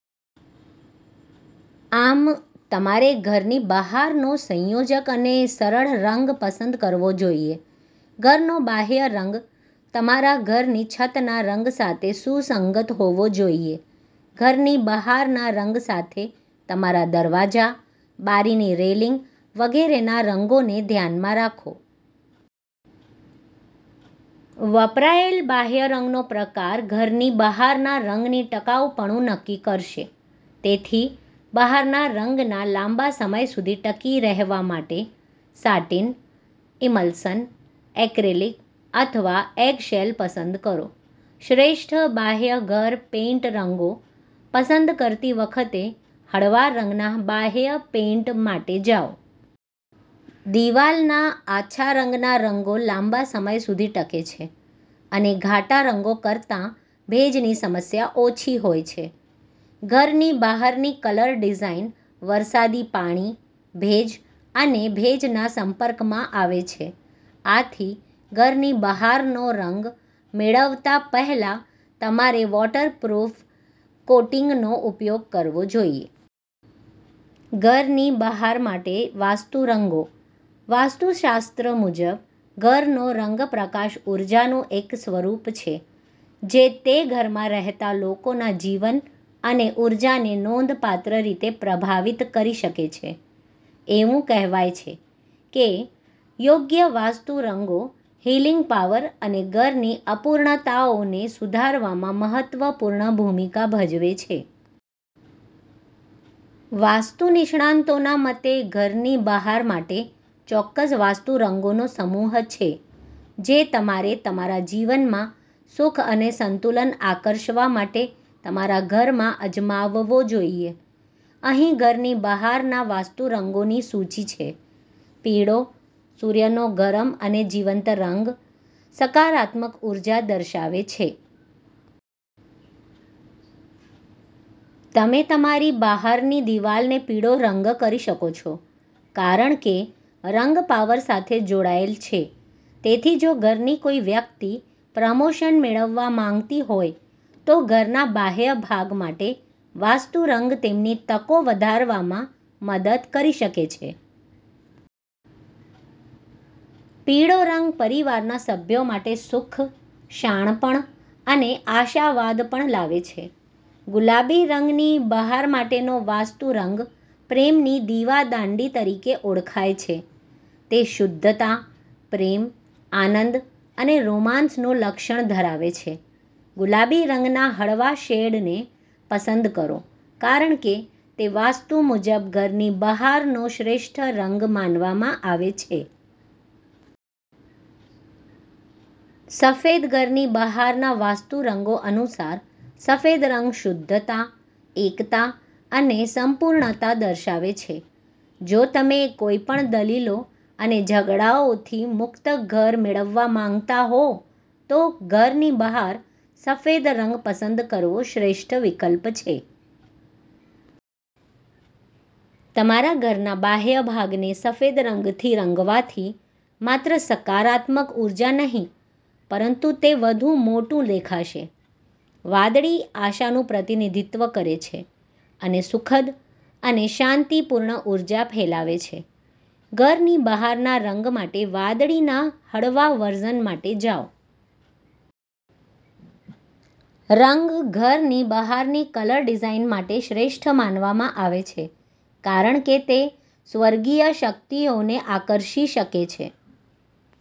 આમ, તમારે ઘરની બહારનો સંયોજક અને સરળ રંગ પસંદ કરવો જોઈએ. ઘરનો બાહ્ય રંગ તમારા ઘરની છતના રંગ સાથે સુસંગત હોવો જોઈએ. ઘરની બહારના રંગ સાથે તમારા દરવાજા, બારીની રેલિંગ વગેરેના રંગોને ધ્યાનમાં રાખો. વપરાયેલ બાહ્ય રંગનો પ્રકાર ઘરની બહારના રંગની ટકાઉપણું નક્કી કરશે. તેથી, બહારના રંગના લાંબા સમય સુધી ટકી રહેવા માટે સાટિન, ઇમલ્સન, એક્રેલિક અથવા એગશેલ પસંદ કરો. શ્રેષ્ઠ બાહ્ય ઘર પેઇન્ટ રંગો પસંદ કરતી વખતે હળવા રંગના બાહ્ય પેઇન્ટ માટે જાઓ. દીવાલના આછા રંગના રંગો લાંબા સમય સુધી ટકે છે અને ઘાટા રંગો કરતાં ભેજની સમસ્યા ઓછી હોય છે. ઘરની બહારની કલર ડિઝાઈન વરસાદી પાણી, ભેજ અને ભેજના સંપર્કમાં આવે છે. આથી, ઘરની બહારનો રંગ મેળવતા પહેલા તમારે વોટરપ્રૂફ કોટિંગનો ઉપયોગ કરવો જોઈએ. ઘરની બહાર માટે વાસ્તુ રંગો વાસ્તુશાસ્ત્ર મુજબ, ઘરનો રંગપ્રકાશ ઊર્જાનું એક સ્વરૂપ છે જે તે ઘરમાં રહેતા લોકોના જીવન અને ઊર્જાને નોંધપાત્ર રીતે પ્રભાવિત કરી શકે છે. એવું કહેવાય છે કે યોગ્ય વાસ્તુ રંગો હીલિંગ પાવર અને ઘરની અપૂર્ણતાઓને સુધારવામાં મહત્વપૂર્ણ ભૂમિકા ભજવે છે. વાસ્તુ નિષ્ણાતોના મતે, ઘરની બહાર માટે ચોક્કસ વાસ્તુ રંગોનો સમૂહ છે જે તમારે તમારા જીવનમાં સુખ અને સંતુલન આકર્ષવા માટે તમારા ઘરમાં અજમાવવો જોઈએ. અહીં ઘરની બહારના વાસ્તુ રંગોની સૂચિ છે. પીળો, સૂર્યનો ગરમ અને જીવંત રંગ, સકારાત્મક ઉર્જા દર્શાવે છે. તમે તમારી બહારની દિવાલને પીળો રંગ કરી શકો છો કારણ કે રંગ પાવર સાથે જોડાયેલ છે. તેથી જો ઘરની કોઈ વ્યક્તિ પ્રમોશન મેળવવા માંગતી હોય, તો ઘરના બાહ્ય ભાગ માટે વાસ્તુ રંગ તેમની તકો વધારવામાં મદદ કરી શકે છે. પીળો રંગ પરિવારના સભ્યો માટે સુખ, શાણપણ અને આશાવાદ પણ લાવે છે. ગુલાબી ઘરની બહાર માટેનો વાસ્તુ રંગ પ્રેમની દીવાદાંડી તરીકે ઓળખાય છે. તે શુદ્ધતા, પ્રેમ, આનંદ અને રોમાંસનું લક્ષણ ધરાવે છે. ગુલાબી રંગના હળવા શેડને પસંદ કરો કારણ કે તે વાસ્તુ મુજબ ઘરની બહારનો શ્રેષ્ઠ રંગ માનવામાં આવે છે. સફેદ ઘરની બહારના વાસ્તુ રંગો અનુસાર, સફેદ રંગ શુદ્ધતા, એકતા અને સંપૂર્ણતા દર્શાવે છે. જો તમે કોઈપણ દલીલો અને ઝઘડાઓથી મુક્ત ઘર મેળવવા માંગતા હો, તો ઘરની બહાર સફેદ રંગ પસંદ કરવો શ્રેષ્ઠ વિકલ્પ છે. તમારા ઘરના બાહ્ય ભાગને સફેદ રંગથી રંગવાથી માત્ર સકારાત્મક ઉર્જા નહીં પરંતુ તે વધુ મોટું દેખાશે. વાદળી આશાનું પ્રતિનિધિત્વ કરે છે અને સુખદ અને શાંતિપૂર્ણ ઊર્જા ફેલાવે છે. ઘરની બહારના રંગ માટે વાદળીના હળવા વર્ઝન માટે જાઓ. રંગ ઘરની બહારની કલર ડિઝાઇન માટે શ્રેષ્ઠ માનવામાં આવે છે કારણ કે તે સ્વર્ગીય શક્તિઓને આકર્ષી શકે છે.